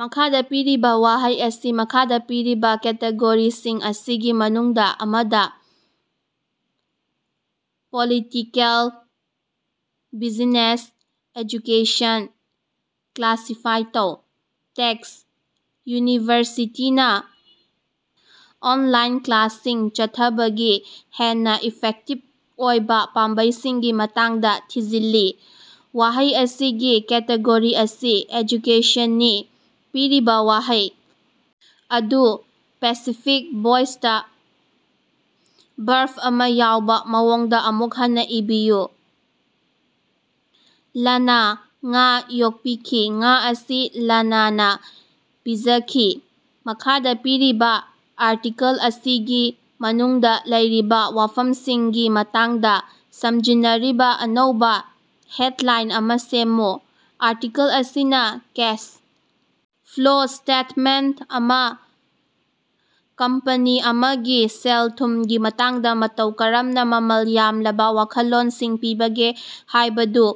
ꯃꯈꯥꯗ ꯄꯤꯔꯤꯕ ꯋꯥꯍꯩ ꯑꯁꯤ ꯃꯈꯥꯗ ꯄꯤꯔꯤꯕ ꯀꯦꯇꯦꯒꯣꯔꯤꯁꯤꯡ ꯑꯁꯤꯒꯤ ꯃꯅꯨꯡꯗ ꯑꯃꯗ (ꯄꯣꯂꯤꯇꯤꯀꯦꯜ, ꯕꯤꯖꯤꯅꯦꯁ, ꯑꯦꯖꯨꯀꯦꯁꯟ) ꯀ꯭ꯂꯥꯁꯤꯐꯥꯏ ꯇꯧ꯫ ꯇꯦꯛꯁ ꯌꯨꯅꯤꯚꯔꯁꯤꯇꯤꯅꯥ ꯑꯣꯅꯂꯥꯏꯟ ꯀ꯭ꯂꯥꯁꯁꯤꯡ ꯆꯠꯊꯕꯒꯤ ꯍꯦꯟꯅ ꯏꯐꯦꯛꯇꯤꯕ ꯑꯣꯏꯕ ꯄꯥꯝꯕꯩꯁꯤꯡꯒꯤ ꯃꯇꯥꯡꯗ ꯊꯤꯖꯤꯜꯂꯤ꯫ ꯋꯥꯍꯩ ꯑꯁꯤꯒꯤ ꯀꯦꯇꯦꯒꯣꯔꯤ ꯑꯁꯤ ꯑꯦꯖꯨꯀꯦꯁꯟꯅꯤ꯫ ꯄꯤꯔꯤꯕ ꯋꯥꯍꯩ ꯑꯗꯨ ꯄꯦꯁꯤꯐꯤꯛ ꯚꯣꯏꯁꯇ ꯕꯔꯕ ꯑꯃ ꯌꯥꯎꯕꯥ ꯃꯑꯣꯡꯗꯥ ꯑꯃꯨꯛ ꯍꯟꯅꯥ ꯏꯕꯤꯌꯨ꯫ ꯂꯥꯅꯥ ꯉꯥ ꯌꯣꯛꯄꯤꯈꯤ꯫ ꯉꯥ ꯑꯁꯤ ꯂꯥꯅꯥꯅ ꯄꯤꯖꯈꯤ꯫ ꯃꯈꯥꯗ ꯄꯤꯔꯤꯕ ꯑꯥꯔꯇꯤꯀꯦꯜ ꯑꯁꯤꯒꯤ ꯃꯅꯨꯡꯗꯥ ꯂꯩꯔꯤꯕꯥ ꯋꯥꯐꯝꯁꯤꯡꯒꯤ ꯃꯇꯥꯡꯗ ꯁꯝꯖꯤꯟꯅꯔꯤꯕ ꯑꯅꯧꯕ ꯍꯦꯗꯂꯥꯏꯟ ꯑꯃ ꯁꯦꯝꯃꯨ꯫ ꯑꯥꯔꯇꯤꯀꯜ ꯑꯁꯤꯅ ꯀꯦꯁ ꯐ꯭ꯂꯣ ꯁ꯭ꯇꯦꯇꯃꯦꯟꯇ ꯑꯃꯅ ꯀꯝꯄꯅꯤ ꯑꯃꯒꯤ ꯁꯦꯜ-ꯊꯨꯝꯒꯤ ꯃꯇꯥꯡꯗ ꯃꯇꯧ ꯀꯔꯝꯅ ꯃꯃꯜ ꯌꯥꯝꯂꯕ ꯋꯥꯈꯜꯂꯣꯟꯁꯤꯡ ꯄꯤꯕꯒꯦ ꯍꯥꯏꯕꯗꯨ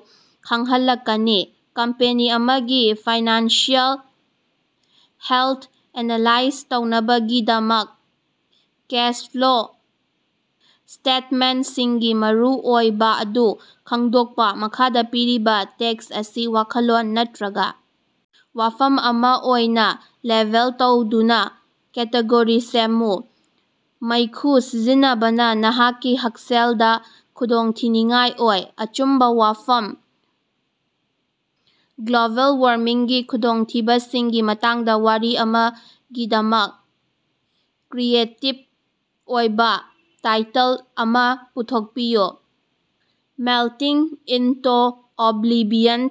ꯈꯪꯍꯜꯂꯛꯀꯅꯤ꯫ ꯀꯝꯄꯦꯅꯤ ꯑꯃꯒꯤ ꯐꯥꯏꯅꯥꯟꯁꯤꯑꯦꯜ ꯍꯦꯜꯊ ꯑꯦꯅꯥꯂꯥꯏꯖ ꯇꯧꯅꯕꯒꯤꯗꯃꯛ ꯀꯦꯁ ꯐ꯭ꯂꯣ ꯁ꯭ꯇꯦꯇꯃꯦꯟꯇꯁꯤꯡꯒꯤ ꯃꯔꯨꯑꯣꯏꯕ ꯑꯗꯨ ꯈꯪꯗꯣꯛꯄꯥ꯫ ꯃꯈꯥꯗ ꯄꯤꯔꯤꯕ ꯇꯦꯛꯁ ꯑꯁꯤ ꯋꯥꯈꯜꯂꯣꯟ ꯅꯠꯇꯔꯒ ꯋꯥꯐꯝ ꯑꯃ ꯑꯣꯏꯅ ꯂꯦꯕꯦꯜ ꯇꯧꯗꯨꯅ ꯀꯦꯇꯦꯒꯣꯔꯤ ꯁꯦꯝꯃꯨ꯫ ꯃꯩꯈꯨ ꯁꯤꯖꯤꯟꯅꯕꯅ ꯅꯍꯥꯛꯀꯤ ꯍꯛꯁꯦꯜꯗꯥ ꯈꯨꯗꯣꯡꯊꯤꯅꯤꯉꯥꯏ ꯑꯣꯏ꯫ ꯑꯆꯨꯝꯕ ꯋꯥꯐꯝ ꯒ꯭ꯂꯣꯕꯦꯜ ꯋꯥꯔꯃꯤꯡꯒꯤ ꯈꯨꯗꯣꯡꯊꯤꯕꯁꯤꯡꯒꯤ ꯃꯇꯥꯡꯗ ꯋꯥꯔꯤ ꯑꯃꯒꯤꯗꯃꯛ ꯀ꯭ꯔꯤꯌꯦꯇꯤꯕ ꯑꯣꯏꯕ ꯇꯥꯏꯇꯜ ꯑꯃ ꯄꯨꯊꯣꯛꯄꯤꯌꯨ꯫ Melting into oblivion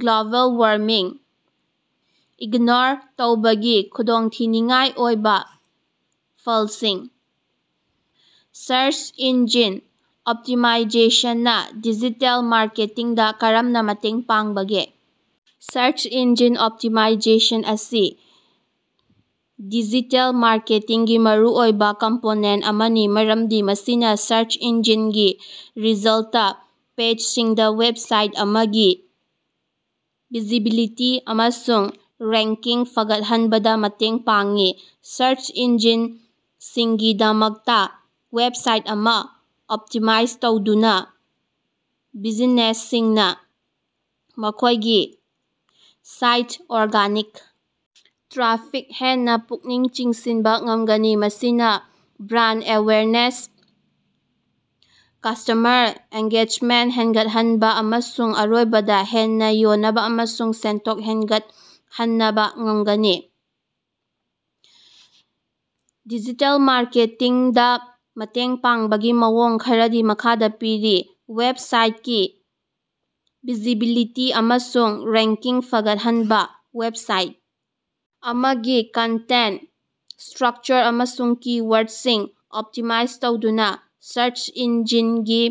global warming ignore ꯇꯧꯕꯒꯤ ꯈꯨꯗꯣꯡꯊꯤꯅꯤꯡꯉꯥꯏ ꯑꯣꯏꯕ ꯐꯂꯁꯤꯡ꯫ ꯁꯔꯆ ꯏꯟꯖꯤꯟ ꯑꯣꯞꯇꯤꯃꯥꯏꯖꯦꯁꯟ ꯅ ꯗꯤꯖꯤꯇꯦꯜ ꯃꯥꯔꯀꯦꯇꯤꯡꯗ ꯀꯔꯝꯅ ꯃꯇꯦꯡ ꯄꯥꯡꯕꯒꯦ? ꯁꯔꯆ ꯏꯟꯖꯤꯟ ꯑꯣꯞꯇꯤꯃꯥꯏꯖꯦꯁꯟ ꯑꯁꯤ ꯗꯤꯖꯤꯇꯦꯜ ꯃꯥꯔꯀꯦꯇꯤꯡꯒꯤ ꯃꯔꯨꯑꯣꯏꯕ ꯀꯝꯄꯣꯅꯦꯟꯇ ꯑꯃꯅꯤ ꯃꯔꯝꯗꯤ ꯃꯁꯤꯅ ꯁꯔꯆ ꯏꯟꯖꯤꯅꯒꯤ ꯔꯤꯖꯜꯇ ꯄꯦꯖꯁꯤꯡꯗ ꯋꯦꯕꯁꯥꯏꯠ ꯑꯃꯒꯤ ꯚꯤꯖꯤꯕꯤꯂꯤꯇꯤ ꯑꯃꯁꯨꯡ ꯔꯦꯡꯀꯤꯡ ꯐꯒꯠꯍꯟꯕꯗ ꯃꯇꯦꯡ ꯄꯥꯡꯏ꯫ ꯁꯔꯆ ꯏꯟꯖꯤꯅꯁꯤꯡꯒꯤꯗꯃꯛꯇ ꯋꯦꯕꯁꯥꯏꯠ ꯑꯃ ꯑꯣꯞꯇꯤꯃꯥꯏꯖ ꯇꯧꯗꯨꯅ, ꯕꯤꯖꯤꯅꯦꯁꯁꯤꯡꯅꯥ ꯃꯈꯣꯏꯒꯤ ꯁꯥꯏꯠꯇ ꯑꯣꯔꯒꯥꯅꯤꯛ ꯇ꯭ꯔꯥꯐꯤꯛ ꯍꯦꯟꯅ ꯄꯨꯛꯅꯤꯡ ꯆꯤꯡꯁꯤꯟꯕ ꯉꯝꯒꯅꯤ, ꯃꯁꯤꯅ ꯕ꯭ꯔꯥꯟꯗ ꯑꯦꯋꯦꯌꯔꯅꯦꯁ, ꯀꯁ꯭ꯇꯃꯔ ꯑꯦꯉ꯭ꯒꯦꯖꯃꯦꯟꯇ ꯍꯦꯅꯒꯠꯍꯅꯕꯥ, ꯑꯃꯁꯨꯡ ꯑꯔꯣꯏꯕꯗꯥ, ꯍꯦꯟꯅꯥ ꯌꯣꯅꯕꯥ ꯑꯃꯁꯨꯡ ꯁꯦꯟꯊꯣꯛ ꯍꯦꯅꯒꯠꯍꯅꯕꯥ ꯉꯝꯒꯅꯤ꯫ ꯗꯤꯖꯤꯇꯦꯜ ꯃꯥꯔꯀꯦꯇꯤꯡꯗꯥ ꯃꯇꯦꯡ ꯄꯥꯡꯕꯒꯤ ꯃꯑꯣꯡ ꯈꯔꯗꯤ ꯃꯈꯥꯗꯥ ꯄꯤꯔꯤ ꯋꯦꯕꯁꯥꯏꯇꯀꯤ ꯚꯤꯖꯤꯕꯤꯂꯤꯇꯤ ꯑꯃꯁꯨꯡ ꯔꯦꯡꯀꯤꯡ ꯐꯒꯠꯍꯟꯕ ꯋꯦꯕꯁꯥꯏꯠ ꯑꯃꯒꯤ ꯀꯟꯇꯦꯟꯇ, ꯁ꯭ꯠꯔꯀꯆꯔ ꯑꯃꯁꯨꯡ ꯀꯤ-ꯋꯥꯔꯗꯁꯤꯡ ꯑꯣꯞꯇꯤꯃꯥꯏꯖ ꯇꯧꯗꯨꯅꯥ ꯁꯔꯆ ꯏꯟꯖꯤꯅꯒꯤ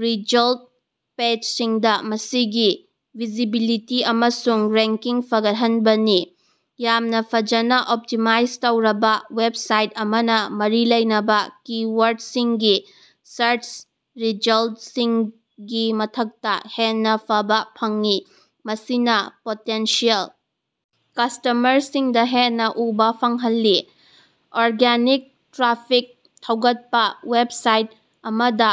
ꯔꯤꯖꯜꯇ ꯄꯦꯖꯁꯤꯡꯗꯥ ꯃꯁꯤꯒꯤ ꯚꯤꯖꯤꯕꯤꯂꯤꯇꯤ ꯑꯃꯁꯨꯡ ꯔꯦꯡꯀꯤꯡ ꯐꯒꯠꯍꯟꯕꯅꯤ꯫ ꯌꯥꯝꯅ ꯐꯖꯅ ꯑꯣꯞꯇꯤꯃꯥꯏꯖ ꯇꯧꯔꯕ ꯋꯦꯕꯁꯥꯏꯠ ꯑꯃꯅ ꯃꯔꯤ ꯂꯩꯅꯕꯥ ꯀꯤ-ꯋꯥꯔꯗꯁꯤꯡꯒꯤ ꯁꯥꯔꯆ ꯔꯤꯖꯜꯇꯁꯤꯡꯒꯤ ꯃꯊꯛꯇ ꯍꯦꯟꯅ ꯎꯕꯥ ꯐꯪꯏ꯫ ꯃꯁꯤꯅ ꯄꯣꯇꯦꯟꯁꯤꯌꯦꯜ ꯀꯁ꯭ꯇꯃꯔꯁꯤꯡꯗ ꯍꯦꯟꯅ ꯎꯕ ꯐꯪꯍꯜꯂꯤ꯫ ꯑꯣꯔꯒꯥꯅꯤꯛ ꯇ꯭ꯔꯥꯐꯤꯛ ꯊꯧꯒꯠꯄ ꯋꯦꯕꯁꯥꯏꯠ ꯑꯃꯗ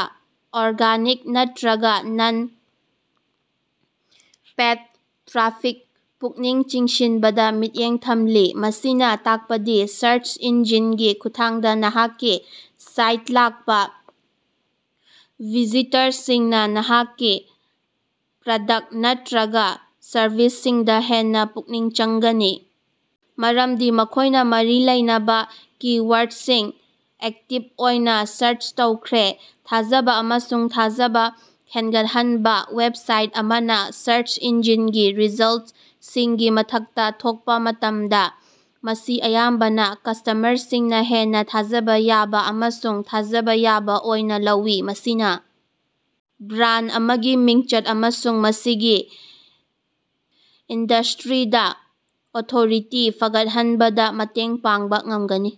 ꯑꯣꯔꯒꯥꯅꯤꯛ, ꯅꯠꯇꯔꯒ ꯅꯟ-ꯄꯦꯏꯗ ꯇ꯭ꯔꯥꯐꯤꯛ ꯄꯨꯛꯅꯤꯡ ꯆꯤꯡꯁꯤꯟꯕꯗ ꯃꯤꯠꯌꯦꯡ ꯊꯝꯂꯤ꯫ ꯃꯁꯤꯅ ꯇꯥꯛꯄꯗꯤ ꯁꯔꯆ ꯏꯟꯖꯤꯟꯒꯤ ꯈꯨꯠꯊꯥꯡꯗ ꯅꯍꯥꯛꯀꯤ ꯁꯥꯏꯇ ꯂꯥꯛꯄ ꯚꯤꯖꯤꯇꯔꯁꯤꯡꯅ ꯅꯍꯥꯛꯀꯤ ꯄ꯭ꯔꯗꯛꯇ ꯅꯠꯇꯔꯒ ꯁꯔꯚꯤꯁꯁꯤꯡꯗ ꯍꯦꯟꯅ ꯄꯨꯛꯅꯤꯡ ꯆꯪꯒꯅꯤ ꯃꯔꯝꯗꯤ ꯃꯈꯣꯏꯅ ꯃꯔꯤ ꯂꯩꯅꯕ ꯀꯤ-ꯋꯥꯔꯗꯁꯤꯡ ꯑꯦꯛꯇꯤꯕ ꯑꯣꯏꯅ ꯁꯥꯔꯆ ꯇꯧꯈ꯭ꯔꯦ꯫ ꯊꯥꯖꯕ ꯑꯃꯁꯨꯡ ꯊꯥꯖꯕ ꯍꯦꯟꯒꯠꯍꯟꯕ ꯋꯦꯕꯁꯥꯏꯠ ꯑꯃꯅ ꯁꯔꯆ ꯏꯟꯖꯤꯟꯒꯤ ꯔꯤꯖꯜꯇꯁꯤꯡꯒꯤ ꯃꯊꯛꯇꯥ ꯊꯣꯛꯄ ꯃꯇꯝꯗ ꯃꯁꯤ ꯑꯌꯥꯝꯕꯅ ꯀꯁ꯭ꯇꯃꯔꯁꯤꯡꯅ ꯍꯦꯟꯅ ꯊꯥꯖꯕ ꯌꯥꯕ ꯑꯃꯁꯨꯡ ꯊꯥꯖꯕ ꯌꯥꯕ ꯑꯣꯏꯅ ꯂꯧꯏ꯫ ꯃꯁꯤꯅ ꯕ꯭ꯔꯥꯟꯗ ꯑꯃꯒꯤ ꯃꯤꯡꯆꯠ ꯑꯃꯁꯨꯡ ꯃꯁꯤꯒꯤ ꯏꯟꯗꯁ꯭ꯠꯔꯤꯗ ꯑꯣꯊꯣꯔꯤꯇꯤ ꯐꯒꯠꯍꯟꯕꯗ ꯃꯇꯦꯡ ꯄꯥꯡꯕ ꯉꯝꯒꯅꯤ꯫